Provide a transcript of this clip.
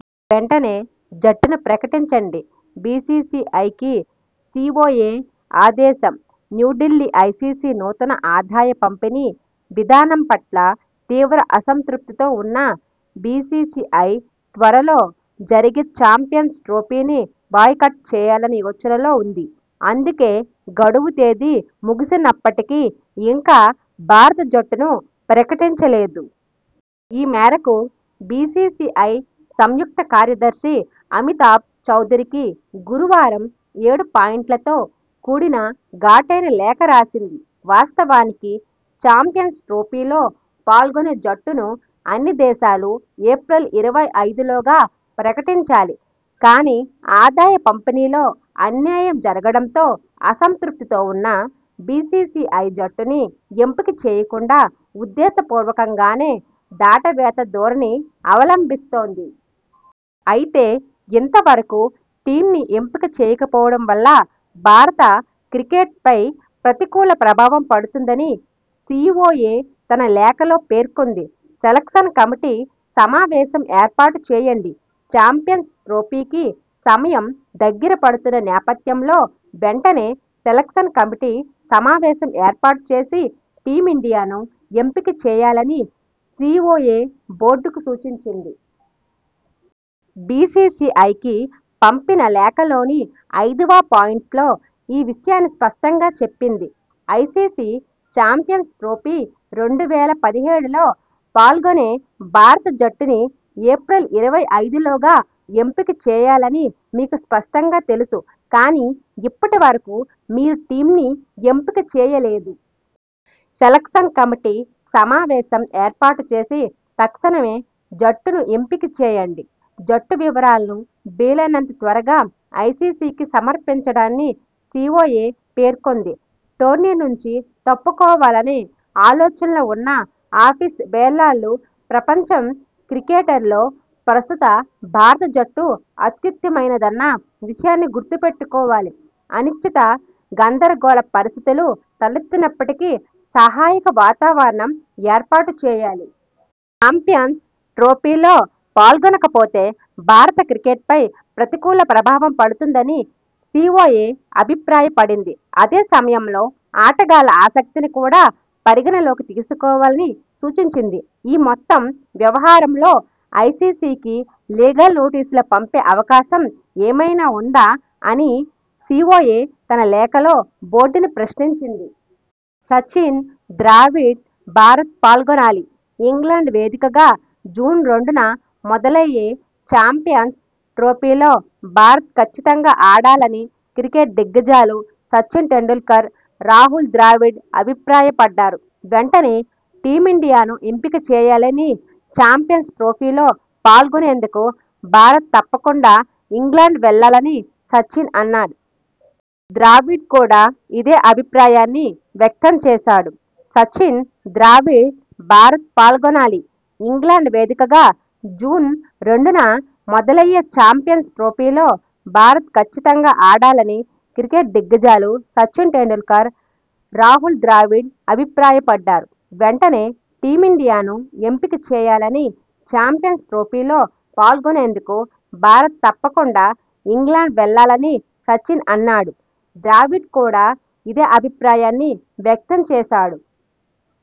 వెంటనే జట్టుని ప్రకటించండి బీసీసీఐ కీ సీఓఏ ఆదేశంన్యూఢిల్లీ ఐసీసీ నూతన ఆదాయ పంపిణీ విధానం పట్ల తీవ్ర అసంతృప్తితో ఉన్న బీసీసీఐ త్వర లో జరిగే చాంపియన్స్ ట్రోఫీని బాయ్కాట్ చేయాలనే యోచనలో ఉంది. అందుకే గడువు తేదీ ముగిసిసినప్పటికీ ఇంకా భారత జట్టును ప్రకటించ లేదు. ఈ మేరకు బీసీసీఐ సంయుక్త కార్యదర్శి అమితాబ్ చౌదరికి గురువారం ఏడు పాయింట్లతో కూడిన ఘాటైన లేఖ రాసింది. వాస్తవానికి చాంపియన్స్ ట్రోఫీలో పాల్గొనే జట్టుని అన్ని దేశాలూ ఏప్రిల్ ఇరవై ఐదులోగా ప్రకటించాలి. కానీ, ఆదాయ పంపిణీలో అన్యాయం జరగడంతో అసంతృప్తితో ఉన్న బీసీసీఐ జట్టుని ఎంపిక చేయకుండా ఉద్దేశ పూర్వకంగానే దాటవేత ధోరణి అవలంబిస్తోంది. అయితే ఇంతవరకూ టీమ్ను ఎంపిక చేయకపోవడం వల్ల భారత క్రికెట్పై ప్రతికూల ప్రభావం పడుతుందని సీఓఏ తన లేఖలో పేర్కొంది. సెలెక్షన్ కమిటీ సమావేశం ఏర్పాటు చేయండి చాంపియన్స్ ట్రోఫీకి సమయం దగ్గర పడుతున్న నేపథ్యంలో వెంటనే సెలెక్షన్ కమిటీ సమావేశం ఏర్పాటు చేసి టీమిండియాను ఎంపిక చేయాలని సీఓఏ బోర్డుకు సూచించింది. బీసీసీఐకి పంపిన లేఖలోని ఐదవ పాయింట్లో ఈ విషయాన్ని స్పష్టంగా చెప్పింది. ఐసీసీ చాంపియన్స్ ట్రోఫీ రెండు వేల పదిహేడులో పాల్గొనే భారత జట్టుని ఏప్రిల్ ఇరవై ఐదులోగా ఎంపిక చేయాలని మీకు స్పష్టంగా తెలుసు. కానీ ఇప్పటి వరకూ మీరు టీమ్ని ఎంపిక చేయలేదు. సెలెక్షన్ కమిటీ సమావేశం ఏర్పాటు చేసి తక్షణమే జట్టును ఎంపిక చేయండి. జట్టు వివరాలను వీలైనంత త్వరగా ఐసీసీకి సమర్పించండని సీఓఏ పేర్కొంది. టోర్నీ నుంచి తప్పుకోవాలనే ఆలోచనలో ఉన్న ఆఫీస్ బేరర్లు ప్రపంచ క్రికెట్లో ప్రస్తుత భారత జట్టు అత్యుత్తమైనదన్న విషయాన్ని గుర్తుపెట్టుకోవాలి. అనిశ్చిత, గందర గోళ పరిస్థితులు తలెత్తినప్పటికీ సహాయక వాతావరణం ఏర్పాటు చేయాలి. చాంపియన్స్ ట్రోఫీలో పాల్గొనక పోతే భారత క్రికెట్పై ప్రతికూల ప్రభావం పడుతుందని సీఓఏ అభిప్రాయ పడింది. అదే సమయంలో ఆటగాళ్ల ఆసక్తిని కూడా పరిగణనలోకి తీసుకోవాలని సూచించింది. ఈ మొత్తం వ్యవహారంలో ఐసీసీకి లీగల్ నోటీసుల పంపే అవకాశం ఏమైనా ఉందా అని సీఓఏ తన లేఖలో బోర్డుని ప్రశ్నించింది. సచిన్, ద్రావిడ్ భారత్ పాల్గొనాలి! ఇంగ్లండ్ వేదికగా జూన్ రెండున మొదలయ్యే చాంపియన్స్ ట్రోఫీలో భారత్ కచ్చితంగా ఆడాలని క్రికెట్ దిగ్గజాలు సచిన్ టెండూల్కర్, రాహుల్ ద్రావిడ్ అభిప్రాయ పడ్డారు. వెంటనే టీమిండియాను ఎంపిక చేయాలని, చాంపియన్స్ ట్రోఫీలో పాల్గొనేందుకు భారత్ తప్పకుండా ఇంగ్లండ్ వెళ్లాలని సచిన్ అన్నాడు. ద్రావిడ్ కూడా ఇదే అభిప్రాయాన్ని వ్యక్తం చేశాడు. సచిన్, ద్రావిడ్ భారత్ పాల్గొనాలి! ఇంగ్లండ్ వేదికగా జూన్ రెండున మొదలయ్యే చాంపియన్స్ ట్రోఫీలో భారత్ కచ్చితంగా ఆడాలని క్రికెట్ దిగ్గజాలు సచిన్ టెండూల్కర్, రాహుల్ ద్రావిడ్ అభిప్రాయ పడ్డారు. వెంటనే టీమిండియాను ఎంపిక చేయాలని, చాంపియన్స్ ట్రోఫీలో పాల్గొనేందుకు భారత్ తప్పకుండా ఇంగ్లండ్ వెళ్లాలని సచిన్ అన్నాడు. ద్రావిడ్ కూడా ఇదే అభిప్రాయాన్ని వ్యక్తం చేశాడు.